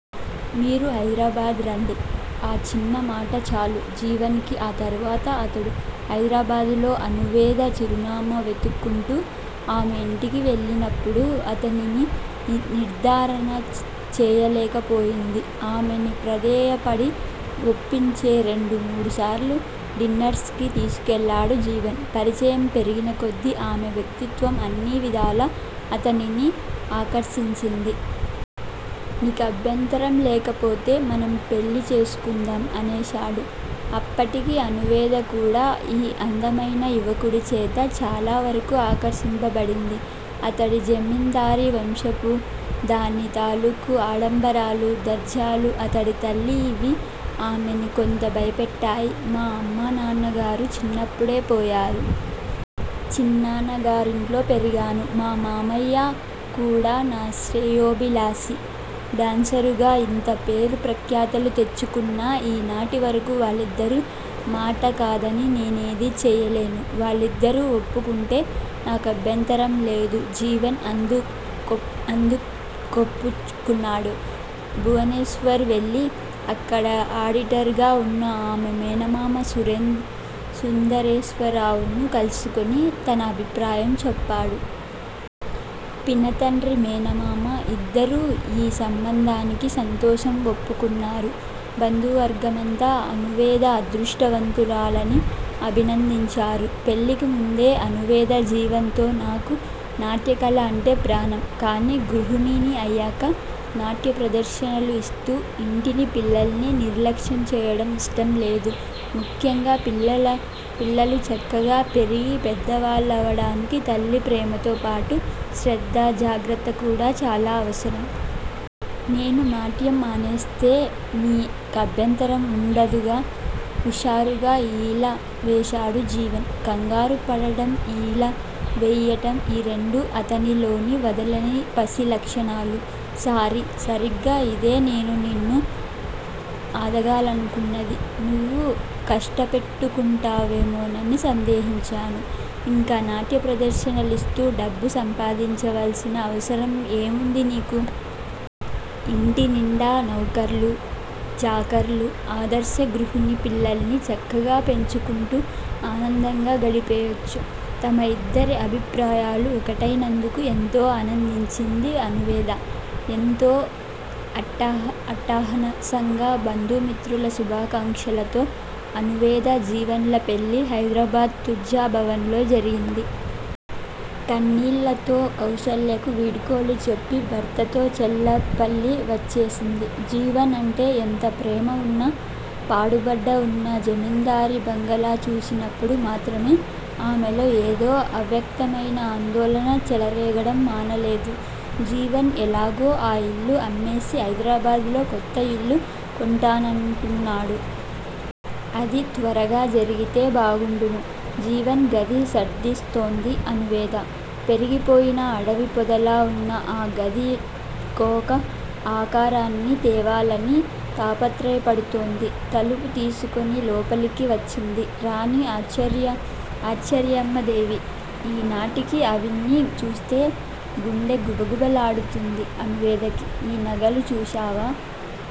మీరు హైదరాబాద్ రండి. ఆ చిన్న మాట చాలు జీవన్ కి ఆ తరువాత అతడు హైదరాబాద్ లో అణువేద చిరునామా వెతుక్కుంటూ ఆమె ఇంటికి వెళ్ళినప్పుడు అతనిని నిర్ధారణ చేయలేకపోయింది. ఆమెని ప్రాధేయపడి వొప్పించే రెండు మూడుసార్లు డిన్నర్సుకి తీసుకెళ్ళాడు జీవన్. పరిచయం పెరిగిన కొద్ది ఆమె వ్యక్తిత్వం అన్నీ విధాలా అతనిని ఆకర్షించింది. నీకభ్యంతరం లేకపోతే మనం పెళ్ళి చేసుకుందాం! అనేశాడు. అప్పటికి అనువేద కూడా ఈ అందమైన యువకుడి చేత చాలా వరకు ఆకర్షింపబడింది. అతడి జమిందారీ వంశము దాని తాలూకు ఆడంబరాలు, దర్జాలు, అతడి తల్లి యివి ఆమెని కొంత భయపెట్టాయి. మా అమ్మా నాన్నగారు చిన్నప్పుడే పోయారు. చిన్నాన్న గారింట్లో పెరిగాను. మా మావయ్య కూడా నా శ్రేయోభిలాషి డాన్సురుగా యింత పేరు ప్రఖ్యాతులు తెచ్చుకున్నా ఈనాటి వరకు వాళ్ళిద్దరి మాట కాదని నేనేది చెయ్యలేను. వాళ్ళిద్దరూ వొప్పుకుంటే నాకభ్యంతరం లేదు. జీవన్ అందుకొప్పుచుకున్నాడు. భువనేశ్వర్ వెళ్ళి అక్కడ ఆడిటర్ గా వున్న ఆమె మేనమామ సుందరేశరరావుని కలుసుకుని తన అభిప్రాయం చెప్పాడు. పినతండ్రి మేనమామ ఇద్దరూ యీ సంబంధానికి సంతోషం వొప్పుకున్నారు. బంధువర్గమంతా అణువేద అదృష్టవంతురాలని అభినందించారు. పెళ్ళికి ముందే అణువేద జీవన్ తో నాకు నాట్యకళ అంటే ప్రాణం కానీ గృహిణిని అయ్యాక నాట్యప్రదర్శనలు యిస్తూ యింటిని పిల్లల్ని నిర్లక్ష్యం చెయ్యడం ఇష్టం లేదు. ముఖ్యంగా పిల్లలు చక్కగా పెరిగి పెద్దవాళ్ళవడానికి తల్లి ప్రేమతో పాటు శ్రద్ధ, జాగ్రత్త కూడా చాలా అవసరం. నేను నాట్యం మానేస్తే నీ కభ్యంతరం వుండదుగా! హుషారుగా ఈల వేశాడు జీవన్. కంగారు పడటం, ఈల వేయడం ఈ రెండు అతనిలోని వదలని పసి లక్షణాలు. సారీ! సరిగ్గా ఇదే నేను నిన్ను ఆదాగాలనుకున్నది నువు కష్టపెట్టుకుంటావేమోనని సందేహించాను ఇంకా నాట్య ప్రదర్శనలిస్తూ డబ్బు సంపాదించవలసిన అవసరం ఏం వుంది నీకు? ఇంటి నిండా నౌకర్లు, చాకర్లు. ఆదర్శ గృహిణి పిల్లల్ని చక్కగా పెంచుకుంటూ ఆనందగా గడిపెయొచ్చు. తమ ఇద్దరి అభిప్రాయాలు ఒకటై నందుకు ఏంతో ఆనందించింది అణువేద. ఎంతో అట్టహానసంగా బంధు మిత్రుల శుభాకంక్షలతో అణువేద జీవన్ ల పెళ్ళి హైదరాబాద్ తుజ్జా భవన్ లో జరిగింది. కన్నీళ్ళతో కౌసల్యకు వీడ్కోలు చెప్పి భర్తతో చల్లపల్లి వచ్చేసింది. జీవన్ అంటే యెంత ప్రేమ వున్నా పాడుబడ్డ వున్న జమిందారీ బంగాళా చూసినప్పుడు మాత్రమే ఆమెలో ఏదో అవ్యక్తమైన ఆందోళన చెలరేగటం మానలేదు. జీవన్ యెలాగో ఆ యిల్లు అమ్మేసి హైదరాబాద్ లో కొత్త యిల్లు కొంటానంటున్నాడు. అది త్వరగా జరిగితే బాగుండును. జీవన్ గది సర్దిస్తోంది అణువేద. పెరిగిపోయిన అడవి పొదలా వున్న ఆ గది కొక ఆకారాన్ని తేవాలని తాపత్రయపడుతోంది. తలుపు తీసుకోని లోపలికి వచ్చింది రాణి ఆచార్యమ్మాదేవి ఈ నాటికి ఆవిణ్ణి చూస్తే గుండె గుబగుబ లాడుతుంది అణువేదకి. ఈ నగలు చూశావా?